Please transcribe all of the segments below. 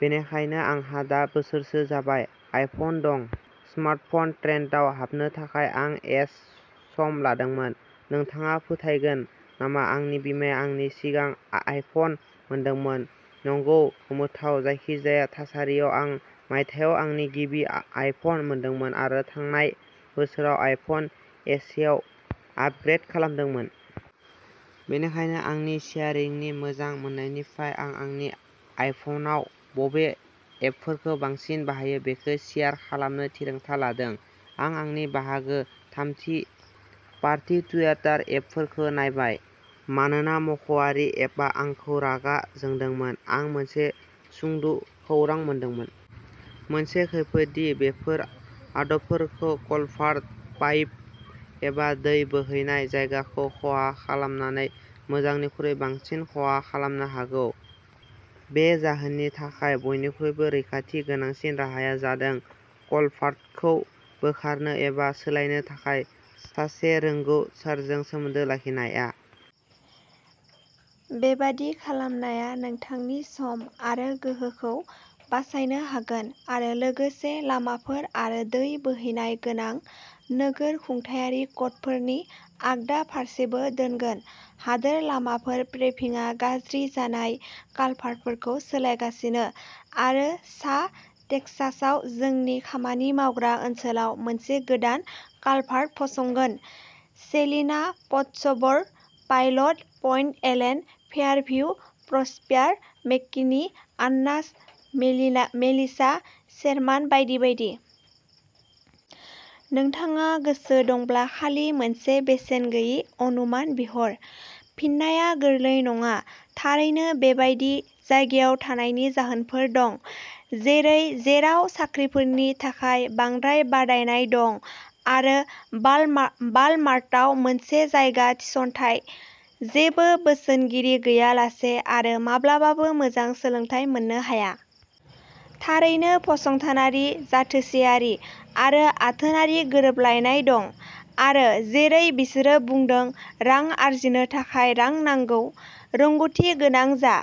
बेनिखायनो आंहा दा बोसोरसो जाबाय आइफन दं। स्मार्टफन ट्रेन्डआव हाबनो थाखाय आं एसे सम लादोंमोन। नोंथाङा फोथायगोन नामा आंनि बिमाया आंनि सिगां आइफन मोनदोंमोन? नंगौ, गोमोथाव। जायखिजाया थासारियाव, आं मायथाइयाव आंनि गिबि आइफन, मोनदोंमोन आरो थांनाय बोसोराव आइफन एसआव आपग्रेड खालामदोंमोन। बेनिखायनो, आंनि शेयारिंनि मोजां मोन्नायनिफ्राय आं आंनि आइफनआव बबे एपफोरखौ बांसिन बाहायो बेखौ शेयार खालामनो थिरांथा लादों। आं आंनि बाहागोनि थामथि-पार्टि टुइटार एपफोरखौ नायबाय, मानोना मावख'आरि एपआ आंखौ रागा जोंदोंमोन। आं मोनसे सुंद'खौरां मोनदोंमोन। मोनसे खैफोद दि बेफोर आदबफोरा कालभार्ट पाइप एबा दै बोहैनाय जायगाखौ खहा खालामनानै मोजांनिख्रुइ बांसिन खहा खालामनो हागौ। बे जाहोननि थाखाय, बयनिख्रुइबो रैखाथि गोनांसिन राहाया जादों कालभार्टखौ बोखारनो एबा सोलायनो थाखाय सासे रोंग'सारजों सोमोन्दो लाखिनाया। बेबादि खालामनाया नोंथांनि सम आरो गोहोखौ बासायनो हागोन आरो लोगोसे लामाफोर आरो दै बोहैनाय गोनां नोगोर खुंथायारि क'डफोरनि आगदा फारसेबो दोनगोन। हादोर लामाफोर पेभिंआ गाज्रि जानाय कालभार्टफोरखौ सोलायगासिनो आरो सा टेक्सासआव जोंनि खामानि मावग्रा ओनसोलाव मोनसे गोदान कालभार्ट फसंगोन-सेलिना, Pottsboro', Pilot Point, Allen, Fairview, Prosper, McKinney, Anna, Melissa, Sherman, बायदि बायदि। नोंथाङा गोसो दंब्ला खालि मोनसे बेसेन गैयै अनुमान बिहर। फिननाया गोरलै नङा। थारैनो, बेबादि जायगायाव थानायनि जाहोनफोर दं, जेरै जेराव साख्रिफोरनि थाखाय बांद्राय बादायनाय दं आरो वालमार्टआ मोनसेल'जायगा थिसनथाय, जेबो बोसोनगिरि गैयालासे, आरो माब्लाबाबो मोजां सोलोंथाय मोननो हाया। थारैनो, फसंथानारि जाथोसेयारि आरो आथोनारि गोरोबलायनाय दं, आरो जेरै बिसोरो बुंदों, रां आर्जिनो थाखाय रां नांगौ। रोंग'थि गोनां जा।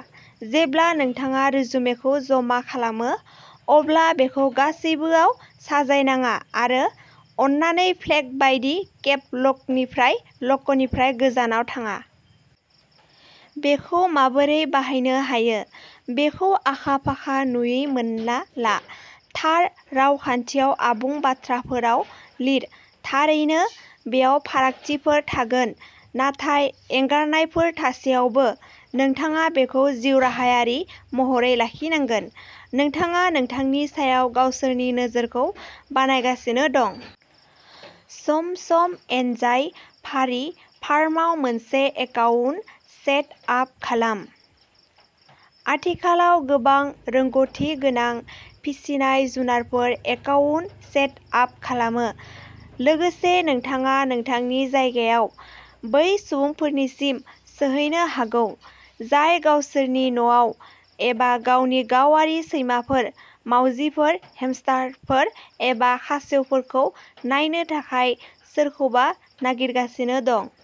जेब्ला नोंथाङा रिजुमेखौ जमा खालामो, अब्ला बेखौ गासिबो आव साजायनाङा आरो अन्नानै प्लेग बायदि केप लकनिफ्राय गोजानाव थाङा। बेखौ माबोरै बाहायनो हायो बेखौ आखा-फाखा नुयै मोनना ला। थार रावखान्थियाव आबुं बाथ्राफोराव लिर। थारैनो, बेयाव फारागथिफोर थागोन, नाथाय एंगारनायफोर थासेयावबो, नोंथाङा बेखौ जिउराहायारि महरै लाखिनांगोन। नोंथाङा नोंथांनि सायाव गावसोरनि नोजोरखौ बानायगासिनो दं। सम-सम एन्जाय फार्रि फार्माव मोनसे एकाउन्ट सेट आप खालाम? आथिखालाव, गोबां रोंग'थि गोनां फिसिनाय-जुनारफोरा एकाउन्ट सेट आप खालामो। लोगोसे, नोंथाङा नोंथांनि जायगायाव बै सुबुंफोरसिम सौहैनो हागौ, जाय गावसोरनि न'आव एबा गावनि गावारि सैमाफोर, मावजिफोर, हेमस्टारफोर, एबा खासेवफोरखौ नायनो थाखाय सोरखौबा नागिरगासिनो दं।